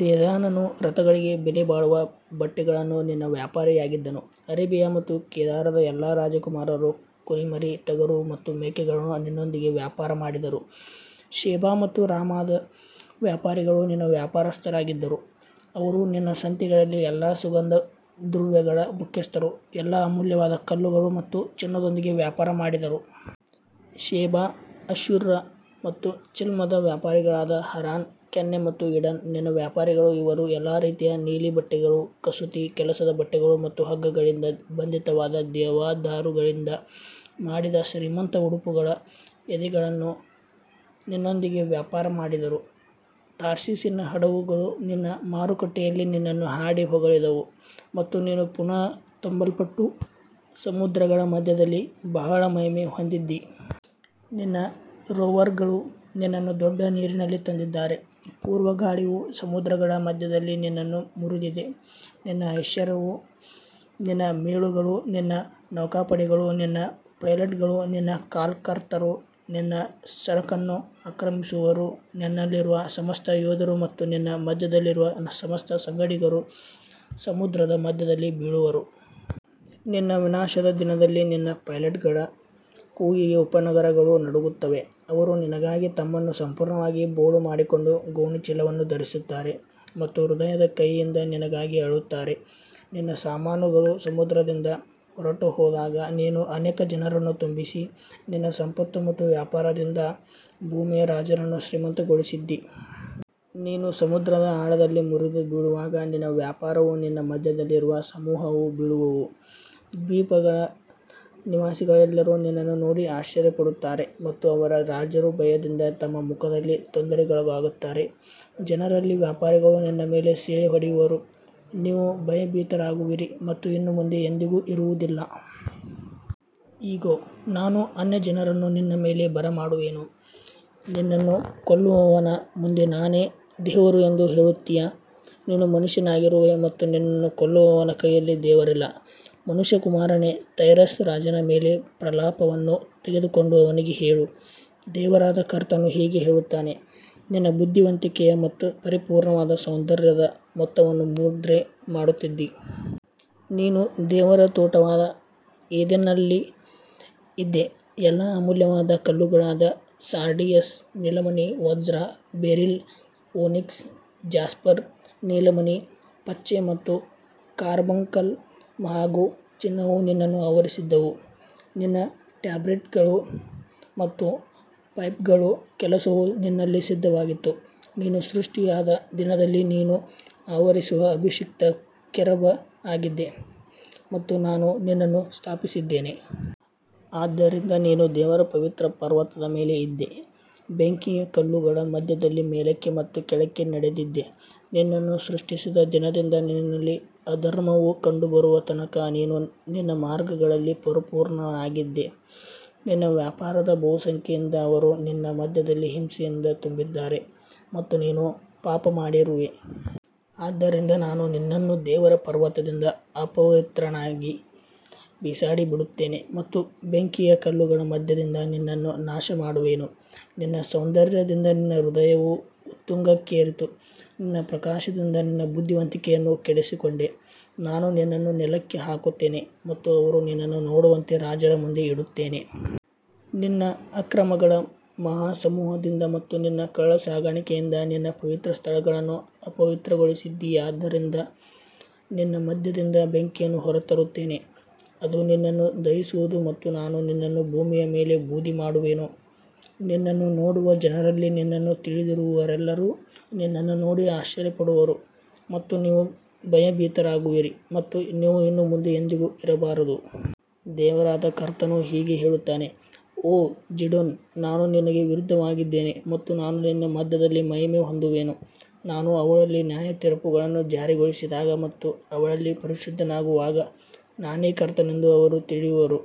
ದೇದಾನನು ರಥಗಳಿಗೆ ಬೆಲೆಬಾಳುವ ಬಟ್ಟೆಗಳನ್ನು ನಿನ್ನ ವ್ಯಾಪಾರಿಯಾಗಿದ್ದನು. ಅರೇಬಿಯಾ ಮತ್ತು ಕೇದಾರದ ಎಲ್ಲಾ ರಾಜಕುಮಾರರು ಕುರಿಮರಿ, ಟಗರು ಮತ್ತು ಮೇಕೆಗಳನ್ನು ನಿನ್ನೊಂದಿಗೆ ವ್ಯಾಪಾರ ಮಾಡಿದರು. ಶೆಬಾ ಮತ್ತು ರಾಮಾದ ವ್ಯಾಪಾರಿಗಳು ನಿನ್ನ ವ್ಯಾಪಾರಸ್ಥರಾಗಿದ್ದರು, ಅವರು ನಿನ್ನ ಸಂತೆಗಳಲ್ಲಿ ಎಲ್ಲಾ ಸುಗಂಧ ದ್ರವ್ಯಗಳ ಮುಖ್ಯಸ್ಥರು, ಎಲ್ಲಾ ಅಮೂಲ್ಯವಾದ ಕಲ್ಲುಗಳು ಮತ್ತು ಚಿನ್ನದೊಂದಿಗೆ ವ್ಯಾಪಾರ ಮಾಡಿದರು. ಶೆಬಾ, ಅಶ್ಶೂರ್ ಮತ್ತು ಚಿಲ್ಮದ ವ್ಯಾಪಾರಿಗಳಾದ ಹರಾನ್, ಕನ್ನೆ ಮತ್ತು ಈಡನ್ ನಿನ್ನ ವ್ಯಾಪಾರಿಗಳು. ಇವರು ಎಲ್ಲಾ ರೀತಿಯ ನೀಲಿ ಬಟ್ಟೆಗಳು, ಕಸೂತಿ ಕೆಲಸದ ಬಟ್ಟೆಗಳು ಮತ್ತು ಹಗ್ಗಗಳಿಂದ ಬಂಧಿತವಾದ ದೇವದಾರುಗಳಿಂದ ಮಾಡಿದ ಶ್ರೀಮಂತ ಉಡುಪುಗಳ ಎದೆಗಳನ್ನು ನಿನ್ನೊಂದಿಗೆ ವ್ಯಾಪಾರ ಮಾಡಿದರು. ತಾರ್ಷೀಷಿನ ಹಡಗುಗಳು ನಿನ್ನ ಮಾರುಕಟ್ಟೆಯಲ್ಲಿ ನಿನ್ನನ್ನು ಹಾಡಿ ಹೊಗಳಿದವು ಮತ್ತು ನೀನು ಪುನಃ ತುಂಬಲ್ಪಟ್ಟು ಸಮುದ್ರಗಳ ಮಧ್ಯದಲ್ಲಿ ಬಹಳ ಮಹಿಮೆ ಹೊಂದಿದ್ದೀ. ನಿನ್ನ ರೋವರ್ಗಳು ನಿನ್ನನ್ನು ದೊಡ್ಡ ನೀರಿನಲ್ಲಿ ತಂದಿದ್ದಾರೆ, ಪೂರ್ವ ಗಾಳಿಯು ಸಮುದ್ರಗಳ ಮಧ್ಯದಲ್ಲಿ ನಿನ್ನನ್ನು ಮುರಿದಿದೆ. ನಿನ್ನ ಐಶ್ವರ್ಯವೂ, ನಿನ್ನ ಮೇಳಗಳೂ, ನಿನ್ನ ನೌಕಾಪಡೆಗಳೂ, ನಿನ್ನ ಪೈಲಟ್ಗಳೂ, ನಿನ್ನ ಕಾಲ್ಕರ್ತರೂ, ನಿನ್ನ ಸರಕನ್ನು ಆಕ್ರಮಿಸುವವರೂ, ನಿನ್ನಲ್ಲಿರುವ ಸಮಸ್ತ ಯೋಧರೂ ಮತ್ತು ನಿನ್ನ ಮಧ್ಯದಲ್ಲಿರುವ ಸಮಸ್ತ ಸಂಗಡಿಗರೂ ಸಮುದ್ರದ ಮಧ್ಯದಲ್ಲಿ ಬೀಳುವರು. ನಿನ್ನ ವಿನಾಶದ ದಿನದಲ್ಲಿ ನಿನ್ನ ಪೈಲಟ್ಗಳ ಕೂಗಿಗೆ ಉಪನಗರಗಳು ನಡುಗುತ್ತವೆ. ಅವರು ನಿನಗಾಗಿ ತಮ್ಮನ್ನು ಸಂಪೂರ್ಣವಾಗಿ ಬೋಳು ಮಾಡಿಕೊಂಡು ಗೋಣಿಚೀಲವನ್ನು ಧರಿಸುತ್ತಾರೆ ಮತ್ತು ಹೃದಯದ ಕಹಿಯಿಂದ ನಿನಗಾಗಿ ಅಳುತ್ತಾರೆ. ನಿನ್ನ ಸಾಮಾನುಗಳು ಸಮುದ್ರದಿಂದ ಹೊರಟುಹೋದಾಗ ನೀನು ಅನೇಕ ಜನರನ್ನು ತುಂಬಿಸಿ, ನಿನ್ನ ಸಂಪತ್ತು ಮತ್ತು ವ್ಯಾಪಾರದಿಂದ ಭೂಮಿಯ ರಾಜರನ್ನು ಶ್ರೀಮಂತಗೊಳಿಸಿದ್ದೀ. ನೀನು ಸಮುದ್ರದ ಆಳದಲ್ಲಿ ಮುರಿದು ಬೀಳುವಾಗ ನಿನ್ನ ವ್ಯಾಪಾರವೂ ನಿನ್ನ ಮಧ್ಯದಲ್ಲಿರುವ ಸಮೂಹವೂ ಬೀಳುವವು. ದ್ವೀಪಗಳ ನಿವಾಸಿಗಳೆಲ್ಲರೂ ನಿನ್ನನ್ನು ನೋಡಿ ಆಶ್ಚರ್ಯಪಡುತ್ತಾರೆ ಮತ್ತು ಅವರ ರಾಜರು ಭಯದಿಂದ ತಮ್ಮ ಮುಖದಲ್ಲಿ ತೊಂದರೆಗೊಳಗಾಗುತ್ತಾರೆ. ಜನರಲ್ಲಿ ವ್ಯಾಪಾರಿಗಳು ನಿನ್ನ ಮೇಲೆ ಸಿಳ್ಳೆ ಹೊಡೆಯುವರು, ನೀವು ಭಯಭೀತರಾಗುವಿರಿ ಮತ್ತು ಇನ್ನು ಮುಂದೆ ಎಂದಿಗೂ ಇರುವುದಿಲ್ಲ. ಇಗೋ, ನಾನು ಅನ್ಯಜನರನ್ನು ನಿನ್ನ ಮೇಲೆ ಬರಮಾಡುವೆನು. ನಿನ್ನನ್ನು ಕೊಲ್ಲುವವನ ಮುಂದೆ ನಾನೇ ದೇವರು ಎಂದು ಹೇಳುತ್ತೀಯಾ? ನೀನು ಮನುಷ್ಯನಾಗಿರುವೆ ಮತ್ತು ನಿನ್ನನ್ನು ಕೊಲ್ಲುವವನ ಕೈಯಲ್ಲಿ ದೇವರಿಲ್ಲ. ಮನುಷ್ಯಕುಮಾರನೇ, ತೈರಸ್ ರಾಜನ ಮೇಲೆ ಪ್ರಲಾಪವನ್ನು ತೆಗೆದುಕೊಂಡು ಅವನಿಗೆ ಹೇಳು, ದೇವರಾದ ಕರ್ತನು ಹೀಗೆ ಹೇಳುತ್ತಾನೆ, ನೀನು ಬುದ್ಧಿವಂತಿಕೆಯ ಮತ್ತು ಪರಿಪೂರ್ಣವಾದ ಸೌಂದರ್ಯದ ಮೊತ್ತವನ್ನು ಮುದ್ರೆ ಮಾಡುತ್ತಿದ್ದೀ. ನೀನು ದೇವರ ತೋಟವಾದ ಏದೆನ್ನಲ್ಲಿ ಇದ್ದೆ, ಎಲ್ಲಾ ಅಮೂಲ್ಯವಾದ ಕಲ್ಲುಗಳಾದ ಸಾರ್ಡಿಯಸ್, ನೀಲಮಣಿ, ವಜ್ರ, ಬೆರಿಲ್, ಓನಿಕ್ಸ್, ಜಾಸ್ಪರ್, ನೀಲಮಣಿ, ಪಚ್ಚೆ ಮತ್ತು ಕಾರ್ಬಂಕಲ್ ಹಾಗೂ ಚಿನ್ನವು ನಿನ್ನನ್ನು ಆವರಿಸಿದ್ದವು. ನಿನ್ನ ಟ್ಯಾಬ್ರೆಟ್ಗಳು ಮತ್ತು ಪೈಪ್ಗಳ ಕೆಲಸವು ನಿನ್ನಲ್ಲಿ ಸಿದ್ಧವಾಗಿತ್ತು. ನೀನು ಸೃಷ್ಟಿಯಾದ ದಿನದಲ್ಲಿ ನೀನು ಆವರಿಸುವ ಅಭಿಷಿಕ್ತ ಕೆರೂಬ್ ಆಗಿದ್ದೆ ಮತ್ತು ನಾನು ನಿನ್ನನ್ನು ಸ್ಥಾಪಿಸಿದ್ದೇನೆ. ಆದ್ದರಿಂದ ನೀನು ದೇವರ ಪವಿತ್ರ ಪರ್ವತದ ಮೇಲೆ ಇದ್ದೆ, ಬೆಂಕಿಯ ಕಲ್ಲುಗಳ ಮಧ್ಯದಲ್ಲಿ ಮೇಲಕ್ಕೆ ಮತ್ತು ಕೆಳಕ್ಕೆ ನಡೆದಿದ್ದೆ. ನಿನ್ನನ್ನು ಸೃಷ್ಟಿಸಿದ ದಿನದಿಂದ ನಿನ್ನಲ್ಲಿ ಅಧರ್ಮವು ಕಂಡುಬರುವ ತನಕ ನೀನು ನಿನ್ನ ಮಾರ್ಗಗಳಲ್ಲಿ ಪರಿಪೂರ್ಣನಾಗಿದ್ದೆ. ನಿನ್ನ ವ್ಯಾಪಾರದ ಬಹುಸಂಖ್ಯೆಯಿಂದ ಅವರು ನಿನ್ನ ಮಧ್ಯದಲ್ಲಿ ಹಿಂಸೆಯಿಂದ ತುಂಬಿದ್ದಾರೆ ಮತ್ತು ನೀನು ಪಾಪಮಾಡಿರುವೆ. ಆದ್ದರಿಂದ ನಾನು ನಿನ್ನನ್ನು ದೇವರ ಪರ್ವತದಿಂದ ಅಪವಿತ್ರನನ್ನಾಗಿ ಬಿಸಾಡಿಬಿಡುತ್ತೇನೆ ಮತ್ತು ಬೆಂಕಿಯ ಕಲ್ಲುಗಳ ಮಧ್ಯದಿಂದ ನಿನ್ನನ್ನು ನಾಶಮಾಡುವೆನು. ನಿನ್ನ ಸೌಂದರ್ಯದಿಂದ ನಿನ್ನ ಹೃದಯವು ಉತ್ತುಂಗಕ್ಕೇರಿತು, ನಿನ್ನ ಪ್ರಕಾಶದಿಂದ ನಿನ್ನ ಬುದ್ಧಿವಂತಿಕೆಯನ್ನು ಕೆಡಿಸಿಕೊಂಡೆ. ನಾನು ನಿನ್ನನ್ನು ನೆಲಕ್ಕೆ ಹಾಕುತ್ತೇನೆ ಮತ್ತು ಅವರು ನಿನ್ನನ್ನು ನೋಡುವಂತೆ ರಾಜರ ಮುಂದೆ ಇಡುತ್ತೇನೆ. ನಿನ್ನ ಅಕ್ರಮಗಳ ಮಹಾಸಮೂಹದಿಂದ ಮತ್ತು ನಿನ್ನ ಕಳ್ಳಸಾಗಾಣಿಕೆಯಿಂದ ನಿನ್ನ ಪವಿತ್ರಸ್ಥಳಗಳನ್ನು ಅಪವಿತ್ರಗೊಳಿಸಿದ್ದೀಯಾದ್ದರಿಂದ ನಿನ್ನ ಮಧ್ಯದಿಂದ ಬೆಂಕಿಯನ್ನು ಹೊರತರುತ್ತೇನೆ, ಅದು ನಿನ್ನನ್ನು ದಹಿಸುವುದು ಮತ್ತು ನಾನು ನಿನ್ನನ್ನು ಭೂಮಿಯ ಮೇಲೆ ಬೂದಿಮಾಡುವೆನು. ನಿನ್ನನ್ನು ನೋಡುವ ಜನರಲ್ಲಿ ನಿನ್ನನ್ನು ತಿಳಿದಿರುವವರೆಲ್ಲರೂ ನಿನ್ನನ್ನು ನೋಡಿ ಆಶ್ಚರ್ಯಪಡುವರು ಮತ್ತು ನೀವು ಭಯಭೀತರಾಗುವಿರಿ ಮತ್ತು ನೀವು ಇನ್ನು ಮುಂದೆ ಎಂದಿಗೂ ಇರಬಾರದು. ದೇವರಾದ ಕರ್ತನು ಹೀಗೆ ಹೇಳುತ್ತಾನೆ, ಓ ಝೀಡೋನ್, ನಾನು ನಿನಗೆ ವಿರುದ್ಧವಾಗಿದ್ದೇನೆ ಮತ್ತು ನಾನು ನಿನ್ನ ಮಧ್ಯದಲ್ಲಿ ಮಹಿಮೆ ಹೊಂದುವೆನು. ನಾನು ಅವಳಲ್ಲಿ ನ್ಯಾಯತೀರ್ಪುಗಳನ್ನು ಜಾರಿಗೊಳಿಸಿದಾಗ ಮತ್ತು ಅವಳಲ್ಲಿ ಪರಿಶುದ್ಧನಾಗುವಾಗ ನಾನೇ ಕರ್ತನೆಂದು ಅವರು ತಿಳಿಯುವರು.